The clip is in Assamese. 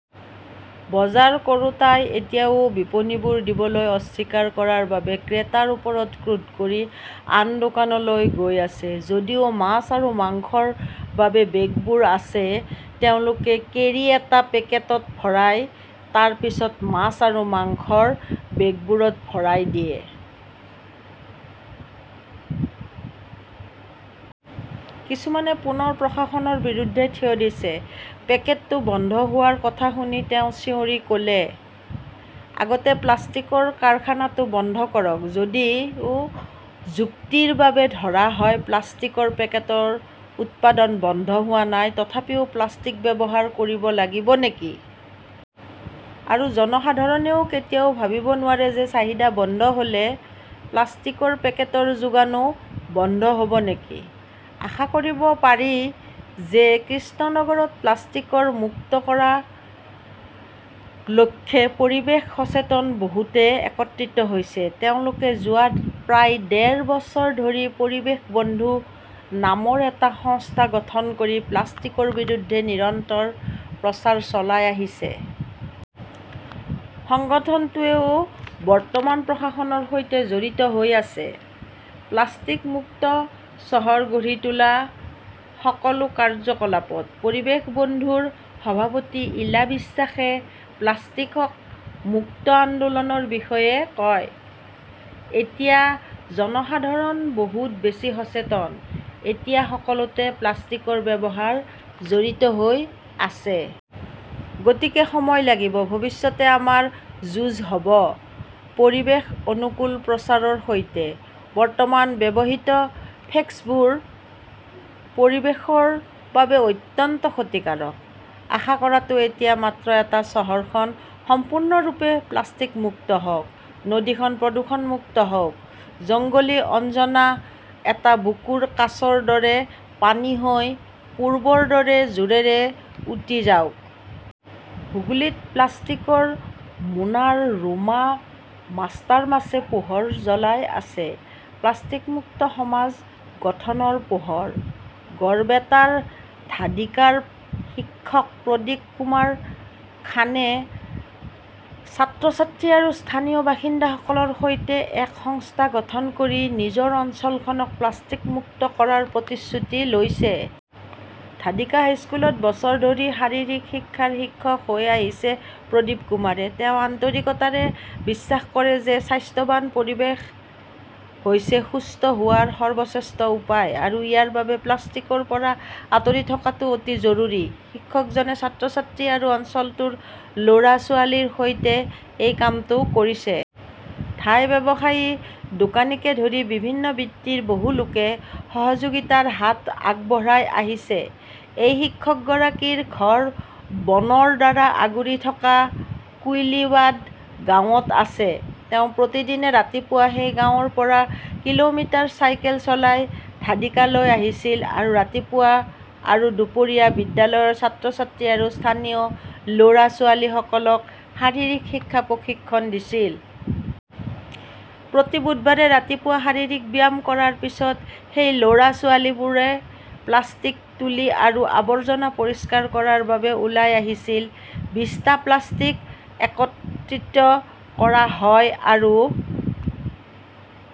বজাৰ কৰোঁতাই এতিয়াও বিপণীবোৰ দিবলৈ অস্বীকাৰ কৰাৰ বাবে ক্ৰেতাৰ ওপৰত ক্ৰোধ কৰি আন দোকানলৈ গৈ আছে। যদিও মাছ আৰু মাংসৰ বাবে বেগবোৰ আছে, তেওঁলোকে কেৰী এটা পেকেটত ভৰাই তাৰ পিছত মাছ আৰু মাংসৰ বেগবোৰত ভৰাই দিয়ে। কিছুমানে পুনৰ প্ৰশাসনৰ বিৰুদ্ধে থিয় দিছে। পেকেটটো বন্ধ হোৱাৰ কথা শুনি তেওঁ চিঞৰি ক "লে", আগতে প্লাষ্টিকৰ কাৰখানাটো বন্ধ কৰক! "যদিও যুক্তিৰ বাবে ধৰা হয়-প্লাষ্টিকৰ পেকেটৰ উৎপাদন বন্ধ হোৱা নাই, তথাপিও প্লাষ্টিক ব্যৱহাৰ কৰিব লাগিব নেকি? আৰু জনসাধাৰণে কেতিয়াও ভাবিব নোৱাৰে যে চাহিদা বন্ধ হ "লে প্লাষ্টিকৰ পেকেটৰ যোগানও বন্ধ হ" ব নেকি? আশা কৰিব পাৰি যে কৃষ্ণনগৰক প্লাষ্টিক মুক্ত কৰাৰ লক্ষ্যৰে পৰিৱেশ সচেতন বহুতে একত্ৰিত হৈছে। তেওঁলোকে যোৱা প্ৰায় ডেৰ বছৰ ধৰি 'পৰিৱেশ বন্ধু "নামৰ এটা সংস্থা গঠন কৰি প্লাষ্টিকৰ বিৰুদ্ধে নিৰন্তৰ প্ৰচাৰ চলাই আহিছে। সংগঠনটোৱেও বৰ্তমান প্ৰশাসনৰ সৈতে জড়িত হৈ আছে, প্লাষ্টিক-মুক্ত চহৰ গঢ়ি তোলাৰ সকলো কাৰ্যকলাপত। 'পৰিৱেশ বন্ধু "ৰ সভাপতি ইলা বিশ্বাসে প্লাষ্টিক মুক্ত আন্দোলনৰ বিষয়ে কয়", এতিয়া জনসাধাৰণ বহু বেছি সচেতন। এতিয়া সকলোতে প্লাষ্টিকৰ ব্যৱহাৰ জড়িত হৈ আছে। গতিকে সময় লাগিব। ভৱিষ্যতে আমাৰ যুঁজ হ "ব পৰিৱেশ-অনুকূল প্ৰচাৰৰ সৈতে। বৰ্তমান ব্যৱহৃত ফ্লেক্সবোৰ পৰিৱেশৰ বাবে অত্যন্ত ক্ষতিকাৰক। "আশা কৰাটো এতিয়া মাত্ৰ এটা-চহৰখন সম্পূৰ্ণৰূপে প্লাষ্টিক মুক্ত হওক। নদীখন প্ৰদূষণমুক্ত হওক। জলংগী, অঞ্জনা, এটা বুকুৰ কাচৰ দৰে পানী লৈ পূৰ্বৰ দৰে জোৰেৰে উঠি যাওক। হুগলীত প্লাষ্টিকৰ মোনাৰ ৰোমা মাষ্টাৰমাছে পোহৰ জ্বলাই আছে। প্লাষ্টিক মুক্ত সমাজ গঠনৰ পোহৰ। গড়বেতাৰ ধাদিকাৰ শিক্ষক প্ৰদীপ কুমাৰ খানে ছাত্ৰ-ছাত্ৰী আৰু স্থানীয় বাসিন্দাসকলৰ সৈতে এক সংস্থা গঠন কৰি নিজৰ অঞ্চলখনক প্লাষ্টিক মুক্ত কৰাৰ প্ৰতিশ্ৰুতি লৈছে। ধাদিকা হাইস্কুলত বছৰ ধৰি শাৰীৰিক শিক্ষাৰ শিক্ষক হৈ আহিছে প্ৰদীপ কুমাৰে। তেওঁ আন্তৰিকতাৰে বিশ্বাস কৰে যে স্বাস্থ্যৱান পৰিৱেশ হৈছে সুস্থ হোৱাৰ সৰ্বশ্ৰেষ্ঠ উপায়। আৰু ইয়াৰ বাবে প্লাষ্টিকৰ পৰা আঁতৰি থকাটো অতি জৰুৰী। শিক্ষকজনে ছাত্ৰ-ছাত্ৰী আৰু অঞ্চলটোৰ ল "ৰা-ছোৱালীৰ সৈতে এই কামটো কৰিছে। ধাই ব্যৱসায়ী, দোকানীকে ধৰি বিভিন্ন বৃত্তিৰ বহু লোকে সহযোগিতাৰ হাত আগবঢ়াই আহিছে। এই শিক্ষকগৰাকীৰ ঘৰ বনৰ দ্বাৰা আগুৰি থকা কুইলিবাদ গাঁৱত আছে। তেওঁ প্ৰতিদিনে ৰাতিপুৱা সেই গাঁৱৰ পৰা কিলোমিটাৰ চাইকেল চলাই ধাদিকালৈ আহিছিল আৰু ৰাতিপুৱা আৰু দুপৰীয়া বিদ্যালয়ৰ ছাত্ৰ-ছাত্ৰী আৰু স্থানীয় ল "ৰা-ছোৱালীসকলক শাৰীৰিক শিক্ষাৰ প্ৰশিক্ষণ দিছিল। প্ৰতি বুধবাৰে ৰাতিপুৱা শাৰীৰিক ব্যায়াম কৰাৰ পিছত, সেই ল "ৰা-ছোৱালীবোৰে প্লাষ্টিক তুলি আৰু আৱৰ্জনা পৰিষ্কাৰ কৰাৰ বাবে ওলাই আহিছিল। বিশটা প্লাষ্টিক একত্ৰিত কৰা হয় আৰু